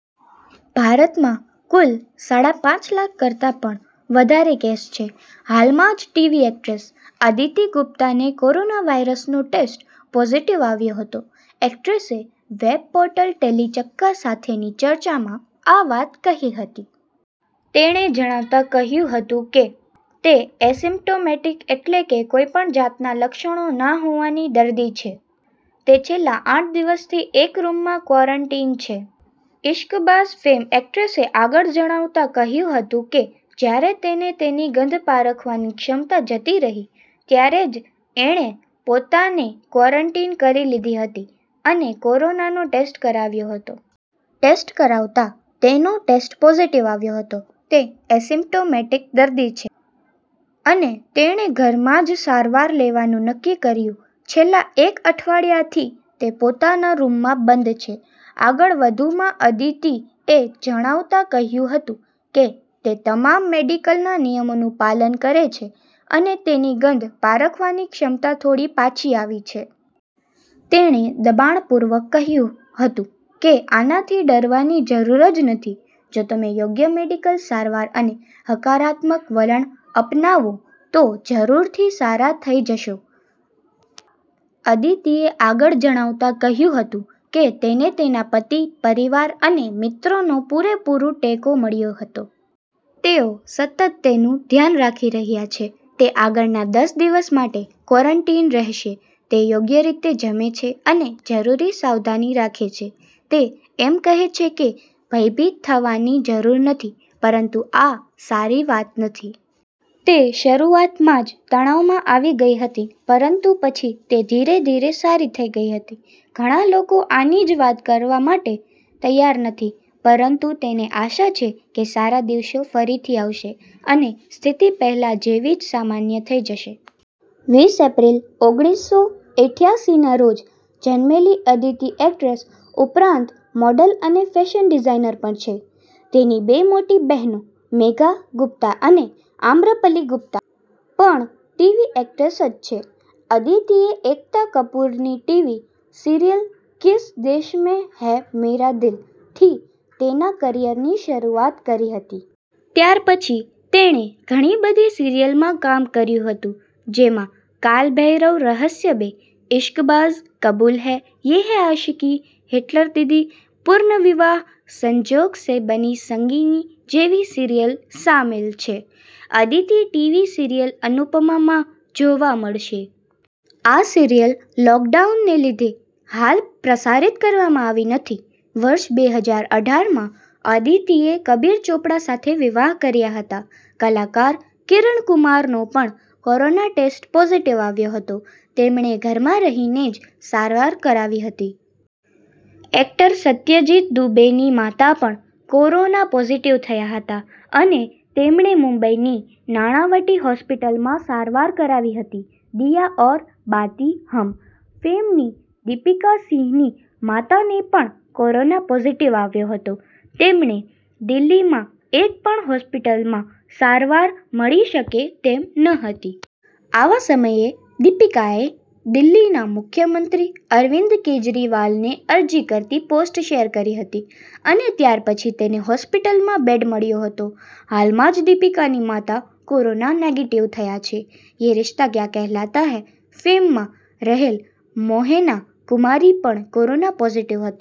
ભારતમાં કુલ સાડા પાંચ લાખ કરતાં પણ વધારે કેસ છે. હાલમાં જ ટીવી એક્ટ્રેસ અદિતી ગુપ્તાને કોરોના વાઈરસનો ટેસ્ટ પોઝિટિવ આવ્યો હતો. એક્ટ્રેસે વેબ પોર્ટલ ટેલિ ચક્કર સાથેની ચર્ચામાં આ વાત કહી હતી. તેણે જણાવતાં કહ્યું હતું, કે તે એસેમ્પ્ટોમેટિક એટલે કે કોઈપણ જાતના લક્ષણો ના હોવાની દર્દી છે. તે છેલ્લાં આઠ દિવસથી એક રૂમમાં ક્વૉરન્ટીન છે. 'ઈશ્કબાઝ' ફૅમ એક્ટ્રેસે આગળ જણાવતાં કહ્યું હતું, કે જ્યારે તેને તેની ગંધ પારખવાની ક્ષમતા જતી રહી, ત્યારે જ એણે પોતાને ક્વૉરન્ટીન કરી લીધી હતી, અને કોરોનાનો ટેસ્ટ કરાવ્યો હતો. ટેસ્ટ કરાવતાં તેનો ટેસ્ટ પોઝિટિવ આવ્યો હતો. તે અસિમ્પ્ટોમેટિક દર્દી છે, અને તેણે ઘરમાં જ સારવાર લેવાનું નક્કી કર્યું. છેલ્લાં એક અઠવાડિયાંથી તે પોતાના રૂમમાં બંધ છે. આગળ વધુમાં અદિતીએ જણાવતાં કહ્યું હતું, કે તે તમામ મેડિકલનાં નિયમોનું પાલન કરે છે, અને તેની ગંધ પારખવાની ક્ષમતા થોડી પાછી આવી છે. તેણે દબાણપૂર્વક કહ્યું હતું, કે આનાથી ડરવાની જરૂર જ નથી. જો તમે યોગ્ય મેડિકલ સારવાર અને હકારાત્મક વલણ અપનાવો તો જરૂરથી સારા થઈ જશો. અદિતીએ આગળ જણાવતાં કહ્યું હતું, કે તેને તેનાં પતિ, પરિવાર અને મિત્રોનો પૂરેપુરો ટેકો મળ્યો હતો. તેઓ સતત તેનું ધ્યાન રાખી રહ્યાં છે. તે આગળનાં દસ દિવસ માટે ક્વૉરન્ટીન રહેશે. તે યોગ્ય રીતે જમે છે, અને જરૂરી સાવધાની રાખે છે. તે એમ કહે છે, કે ભયભીત થવાની જરૂર નથી, પરંતુ આ સારી વાત નથી. તે શરૂઆતમાં જ તણાવમાં આવી ગઈ હતી. પરંતુ પછી તે ધીરે-ધીરે સારી થઈ ગઈ હતી. ઘણાં લોકો આની જ વાત કરવા માટે તૈયાર નથી, પરંતુ તેને આશા છે, કે સારા દિવસો ફરીથી આવશે અને સ્થિતિ પહેલાં જેવી જ સામાન્ય થઈ જશે. વીસ એપ્રિલ, ઓગણીસસો ઈઠયાસીનાં રોજ જન્મેલી અદિતી એક્ટ્રેસ ઉપરાંત મોડલ અને ફેશન ડિઝાઈનર પણ છે. તેની બે મોટી બહેનો મેઘા ગુપ્તા અને આમ્રપલી ગુપ્તા પણ ટીવી એક્ટ્રેસ જ છે. અદિતીએ એકતા કપૂરની ટીવી સિરિયલ 'કિસ દેશ મૈં હૈ મેરા દિલ'થી તેનાં કરિયરની શરૂઆત કરી હતી. ત્યાર પછી તેણે ઘણીબધી સિરિયલમાં કામ કર્યું હતું, જેમાં 'કાલ ભૈરવ રહસ્ય બે', 'ઈશ્કબાઝ', 'કબૂલ હૈં', 'યે હૈં આશિકી', 'હિટલર દીદી', 'પુર્નવિવાહ', 'સંજોગ સે બની સંગીની' જેવી સીરીયલ સામેલ છે. અદિતી ટીવી સીરિયલ 'અનુપમા'માં જોવા મળશે. આ સિરિયલ લૉકડાઉનને લીધે હાલ પ્રસારિત કરવામાં આવી નથી. વર્ષ બે હજાર અઢારમાં અદિતીએ કબીર ચોપડા સાથે વિવાહ કર્યાં હતાં. કલાકાર કિરણ કુમારનો પણ કોરોના ટેસ્ટ પોઝિટિવ આવ્યો હતો. તેમણે ઘરમાં રહીને જ સારવાર કરાવી હતી. એક્ટર સત્યજીત દૂબેની માતા પણ કોરોના પોઝિટિવ થયાં હતાં, અને તેમણે મુંબઈની નાણાવટી હોસ્પિટલમાં સારવાર કરાવી હતી. 'દિયા ઔર બાતી હમ' ફૅમની દીપિકા સિંહની માતાને પણ કોરોના પોઝિટિવ આવ્યો હતો. તેમને દિલ્હીમાં એક પણ હોસ્પિટલમાં સારવાર મળી શકે તેમ ન હતી. આવાં સમયે દીપિકાએ દિલ્હીના મુખ્યમંત્રી અરવિંદ કેજરીવાલને અરજી કરતી પોસ્ટ શેર કરી હતી, અને ત્યાર પછી તેને હોસ્પિટલમાં બેડ મળ્યો હતો. હાલમાં જ દીપિકાની માતા કોરોના નેગેટિવ થયાં છે. 'યે રિશ્તા ક્યા કહેલાતા હૈં' ફૅમમાં રહેલ મોહેના કુમારી પણ કોરોના પોઝિટિવ હતી.